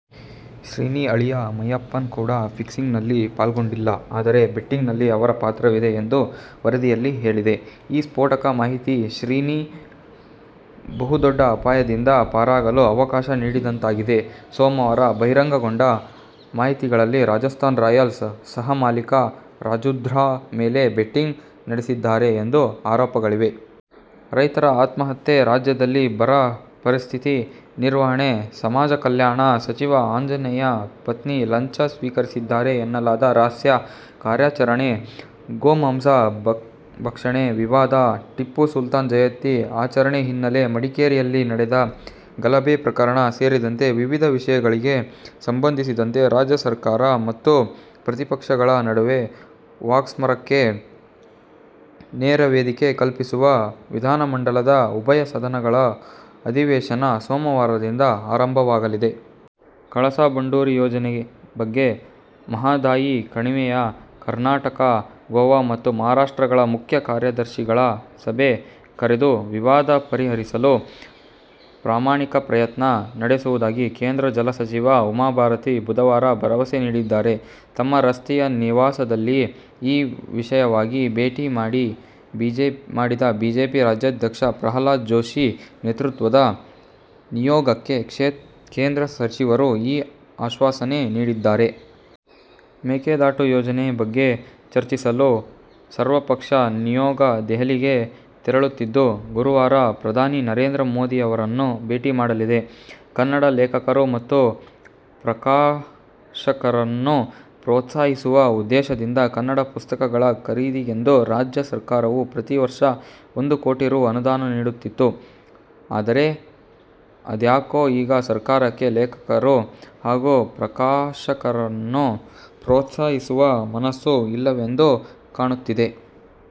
ಶ್ರೀನಿ ಅಳಿಯ ಮೈಯಪ್ಪನ್ ಕೂಡ ಫಿಕ್ಸಿಂಗ್ನಲ್ಲಿ ಪಾಲ್ಗೊಂಡಿಲ್ಲ, ಆದರೆ ಬೆಟ್ಟಿಂಗ್ನಲ್ಲಿ ಅವರ ಪಾತ್ರವಿದೆ ಎಂದು ವರದಿಯಲ್ಲಿ ಹೇಳಿದೆ. ಈ ಸ್ಫೋಟಕ ಮಾಹಿತಿ ಶ್ರೀನಿ ಬಹುದೊಡ್ಡ ಅಪಾಯದಿಂದ ಪಾರಾಗಲು ಅವಕಾಶ ನೀಡಿದಂತಾಗಿದೆ. ಸೋಮವಾರ ಬಹಿರಂಗಗೊಂಡ ಮಾಹಿತಿಗಳಲ್ಲಿ ರಾಜಸ್ಥಾನ್ ರಾಯಲ್ಸ್ ಸಹಮಾಲಿಕ ರಾಜ್ಕುಂದ್ರಾ ಮೇಲೆ ಬೆಟ್ಟಿಂಗ್ ನಡೆಸಿದ್ದಾರೆ ಎಂಬ ಆರೋಪಗಳಿವೆ. ರೈತರ ಆತ್ಮಹತ್ಯೆ, ರಾಜ್ಯದಲ್ಲಿನ ಬರ ಪರಿಸ್ಥಿತಿ ನಿರ್ವಹಣೆ, ಸಮಾಜ ಕಲ್ಯಾಣ ಸಚಿವ ಆಂಜನೇಯ ಪತ್ನಿ ಲಂಚ ಸ್ವೀಕರಿಸಿದ್ದಾರೆ ಎನ್ನಲಾದ ರಹಸ್ಯ ಕಾರ್ಯಾಚರಣೆ, ಗೋಮಾಂಸ ಭಕ್ಷಣೆ ವಿವಾದ, ಟಿಪ್ಪು ಸುಲ್ತಾನ್ ಜಯಂತಿ ಆಚರಣೆ ಹಿನ್ನೆಲೆ ಮಡಿಕೇರಿಯಲ್ಲಿ ನಡೆದ ಗಲಭೆ ಪ್ರಕರಣ ಸೇರಿದಂತೆ ವಿವಿಧ ವಿಷಯಗಳಿಗೆ ಸಂಬಂಧಿಸಿದಂತೆ ರಾಜ್ಯ ಸರ್ಕಾರ ಮತ್ತು ಪ್ರತಿಪಕ್ಷಗಳ ನಡುವೆ ವಾಕ್ಸಮರಕ್ಕೆ ನೇರ ವೇದಿಕೆ ಕಲ್ಪಿಸುವ ವಿಧಾನಮಂಡಲದ ಉಭಯ ಸದನಗಳ ಅಧಿವೇಶನ ಸೋಮವಾರದಿಂದ ಆರಂಭವಾಗಲಿದೆ. ಕಳಸಾ-ಬಂಡೂರಿ ಯೋಜನೆ ಬಗ್ಗೆ ಮಹಾದಾಯಿ ಕಣಿವೆಯ ಕರ್ನಾಟಕ, ಗೋವಾ ಮತ್ತು ಮಹಾರಾಷ್ಟ್ರಗಳ ಮುಖ್ಯ ಕಾರ್ಯದರ್ಶಿಗಳ ಸಭೆ ಕರೆದು ವಿವಾದ ಪರಿಹರಿಸಲು ಪ್ರಾಮಾಣಿಕ ಪ್ರಯತ್ನ ನಡೆಸುವುದಾಗಿ ಕೇಂದ್ರ ಜಲ ಸಚಿವೆ ಉಮಾಭಾರತಿ ಬುಧವಾರ ಭರವಸೆ ನೀಡಿದ್ದಾರೆ. ತಮ್ಮ ರಸ್ತೆಯ ನಿವಾಸದಲ್ಲಿ ಈ ವಿಷಯವಾಗಿ ಭೇಟಿ ಮಾಡಿದ ಬಿಜೆಪಿ ರಾಜ್ಯಾಧ್ಯಕ್ಷ ಪ್ರಹ್ಲಾದ ಜೋಶಿ ನೇತೃತ್ವದ ನಿಯೋಗಕ್ಕೆ ಕೇಂದ್ರ ಸಚಿವರು ಈ ಆಶ್ವಾಸನೆ ನೀಡಿದ್ದಾರೆ. ಮೇಕೆದಾಟು ಯೋಜನೆ ಬಗ್ಗೆ ಚರ್ಚಿಸಲು ಸರ್ವಪಕ್ಷ ನಿಯೋಗ ದೆಹಲಿಗೆ ತೆರಳುತ್ತಿದ್ದು, ಗುರುವಾರ ಪ್ರಧಾನಿ ನರೇಂದ್ರ ಮೋದಿಯವರನ್ನು ಭೇಟಿ ಮಾಡಲಿದೆ. ಕನ್ನಡ ಲೇಖಕರು ಮತ್ತು ಪ್ರಕಾಶಕರನ್ನು ಪ್ರೋತ್ಸಾಹಿಸುವ ಉದ್ದೇಶದಿಂದ ಕನ್ನಡ ಪುಸ್ತಕಗಳ ಖರೀದಿಗೆಂದು ರಾಜ್ಯ ಸರ್ಕಾರವು ಪ್ರತಿ ವರ್ಷ ಒಂದು ಕೋಟಿ ರೂ. ಅನುದಾನ ನೀಡುತ್ತಿತ್ತು. ಆದರೆ, ಅದ್ಯಾಕೋ ಈಗ ಸರ್ಕಾರಕ್ಕೆ ಲೇಖಕರು ಹಾಗೂ ಪ್ರಕಾಶಕರನ್ನು ಪ್ರೋತ್ಸಾಹಿಸುವ ಮನಸ್ಸು ಇಲ್ಲವೆಂದು ಕಾಣುತ್ತಿದೆ!